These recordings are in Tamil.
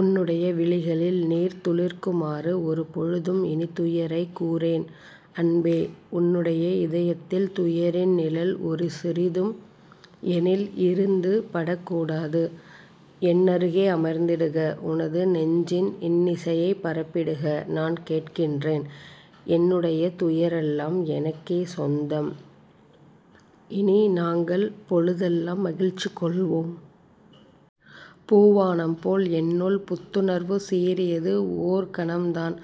உன்னுடைய விழிகளில் நீர் துளிர்க்குமாறு ஒரு பொழுதும் இனித்துயரைக் கூறேன் அன்பே உன்னுடைய இதயத்தில் துயரின் நிழல் ஒருசிறிதும் எனில் இருந்து படக்கூடாது. என்னருகே அமர்ந்திடுக உனது நெஞ்சின் இன்னிசையைப் பரப்பிடுக நான் கேட்கின்றேன் என்னுடைய துயரெல்லாம் எனக்கே சொந்தம் இனி நாங்கள் பொழுதெல்லாம் மகிழ்ச்சி கொள்வோம். பூவாணம் போல் என்னுள் புத்துணர்வு சீறியது ஓர்கணம்தான்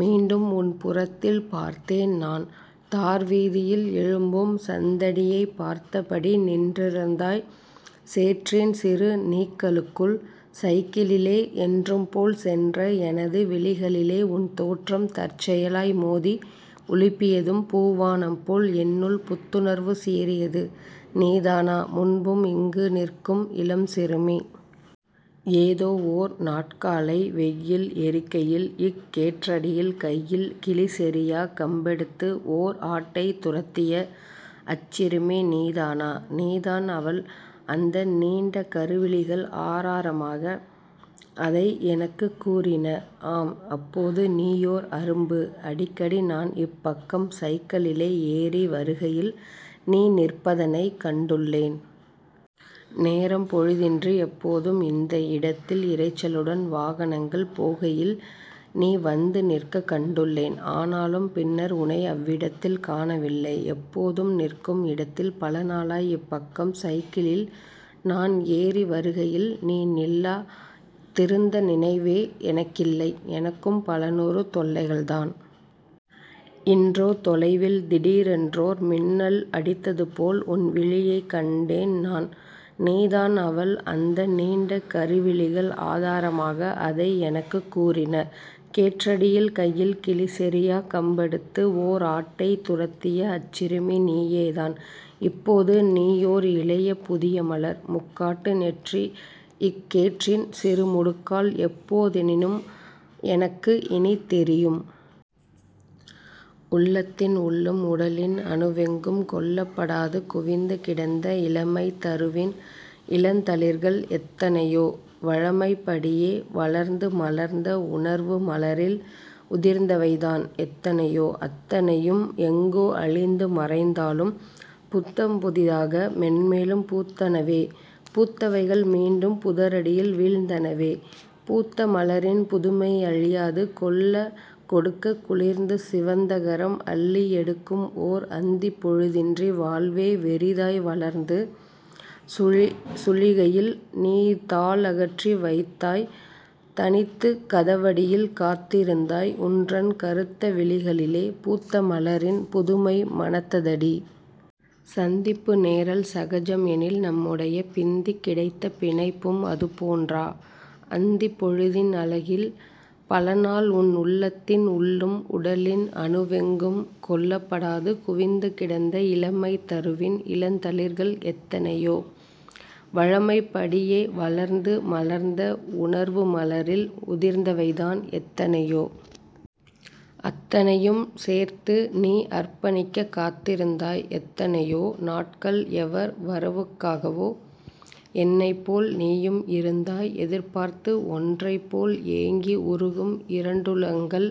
மீண்டும் உன்புறத்தில் பார்த்தேன் நான். தார்வீதியில் எழும்பும் சந்தடியைப் பார்த்தபடி நின்றிருந்தாய் சேற்றின் சிறு நீக்கலுக்குள். சைக்கிளிலே என்றும்போல் சென்ற எனது விழிகளிலே உன் தோற்றம் தற்செயலாய் மோதி உலுப்பியதும் பூவாணம்போல் என்னுள் புத்துணர்வு சீறியது. நீதானா முன்பும் இங்கு நிற்கும் இளம் சிறுமி? ஏதோ ஓர் நாட்காலை வெய்யில் எரிக்கையில் இக் கேற்றடியில் கையில் கிளிசெறியாக் கம்பெடுத்து ஓர் ஆட்டைத் துரத்திய அச்சிறுமி நீதானா? நீதான் அவள் அந்த நீண்ட கருவிழிகள் ஆராரமாக அதை எனக்குக் கூறின. ஆம் அப்போது நீயோர் அரும்பு. அடிக்கடி நான் இப்பக்கம் சைக்களிலே ஏறி வருகையில் நீ நிற்பதனைக் கண்டுள்ளேன். நேரம் பொழுதின்றி எப்போதும் இந்த இடத்தில் இரைச்சலுடன் வாகனங்கள் போகையில் நீ வந்து நிற்கக் கண்டுள்ளேன். ஆனாலும் பின்னர் உனை அவ்விடத்தில் காணவில்லை. எப்போதும் நிற்கும் இடத்தில் பலநாளாய் இப்பக்கம் சைக்கிளில் நான் ஏறி வருகையில் நீ நில்லா திருந்த நினைவே எனக்கில்லை. எனக்கும் பலநூறு தொல்லைகள்தான். இன்றோ, தொலைவில் திடீரென்றோர் மின்னல் அடித்ததுபோல் உன்விழியைக் கண்டேன் நான். நீதான் அவள் அந்த நீண்ட கருவிழிகள் ஆதாரமாக அதை எனக்குக் கூறின. கேற்றடியில் கையில் கிளிசெறியாக் கம்பெடுத்து ஓர் ஆட்டைத் துரத்திய அச்சிறுமி நீயேதான். இப்போது நீயோர் இளைய புதியமலர். முக்காட்டு நெற்றி இக் கேற்றின் சிறுமுடுக்கால் எப்போ தெனினும் எனக்கு இனித் தெரியும். உள்ளத்தின் உள்ளும் உடலின் அணுவெங்கும் கொள்ளப்படாது குவிந்து கிடந்த இளமைத் தருவின் இளந்தளிர்கள் எத்தைனையோ? வழமைப்படியே வளர்ந்து மலர்ந்த உணர்வு மலரில் உதிர்ந்தவைதான் எத்தனையோ அத்தனையும் எங்கோ அழிந்து மறைந்தாலும் புத்தம் புதிதாக மென்மேலும் பூத்தனவே பூத்தவைகள் மீண்டும் புதர் அடியில் வீழ்ந்தனவே பூத்த மலரின் புதுமை அழியாது கொள்ளக் கொடுக்க குளிர்ந்து சிவந்தகரம் அள்ளி எடுக்கும் ஓர் அந்திப் பொழுதின்றி வாழ்வே வெறிதாய் வளர்ந்து சுழிகையில் நீ தாள் அகற்றி வைத்தாய் தனித்துக் கதவடியில் காத்திருந்தாய் உன்றன் கறுத்த விழிகளிலே பூத்த மலரின் புதுமை மணத்ததடி... சந்திப்பு நேரல் சகஜம் எனில் நம்முடைய பிந்திக் கிடைத்த பிணைப்பும் அதுபோன்றா? அந்திப் பொழுதின் அழகில் பலநாள் உன் உள்ளத்தின் உள்ளும் உடலின் அணுவெங்கும் கொள்ளப்படாது குவிந்து கிடந்த இளமைத் தருவின் இளந்தளிர்கள் எத்தனையோ? வழமைப் படியே வளர்ந்து மலர்ந்த உணர்வு மலரில் உதிர்ந்தவைதான் எத்தனையோ? அத்தனையும் சேர்த்து நீ அர்ப்பணிக்கக் காத்திருந்தாய் எத்தனையோ நாட்கள் எவர் வரவுக்காகவோ என்னைப்போல் நீயும் இருந்தாய் எதிர்பார்த்து ஒன்றைப் போல் ஏங்கி உருகும் இரண்டுளங்கள்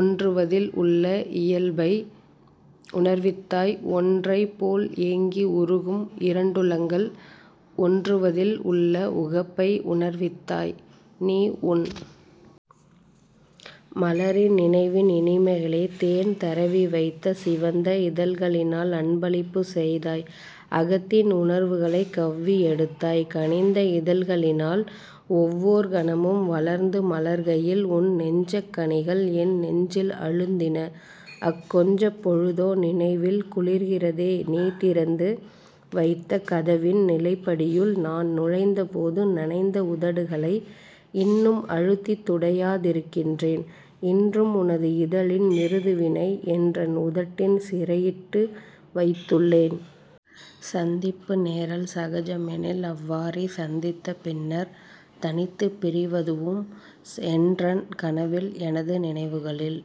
ஒன்றுவதில் உள்ள இயல்பை உணர்வித்தாய் ஒன்றைப் போல் ஏங்கி உருகும் இரண்டுளங்கள் ஒன்றுவதில் உள்ள உகப்பை உணர்வித்தாய். நீ உன் மலரை நினைவின் இனிமைகளை தேன் தரவிவைத்த சிவந்த இதழ்களினால் அன்பளிப்புச் செய்தாய் அகத்தின் உணர்வுகளைக் கவ்வி எடுத்தாய் கனிந்த இதழ்களினால் ஒவ்வோர் கணமும் வளர்ந்து மலர்கையில் உன் நெஞ்சக் கனிகள் என் நெஞ்சில் அழுந்தின அக் கொஞ்சப் பொழுதோ நினைவில் குளிர்கிறதே நீதிறந்து வைத்த கதவின் நிலைப்படியுள் நான் நுழைந்த போது நனைந்த உதடுகளை இன்னும் அழுத்தித் துடையா திருக்கின்றேன் இன்றும் உனது இதழின் மிருதுவினை என்றன் உதட்டில் சிறையிட்டு வைத்துள்ளேன். சந்திப்பு நேரல் சகஜம் எனில் அவ்வாறே சந்தித்த பின்னர் தனித்துப் பிரிவதுவும் என்றன் கனவில் எனது நினைவுகளில்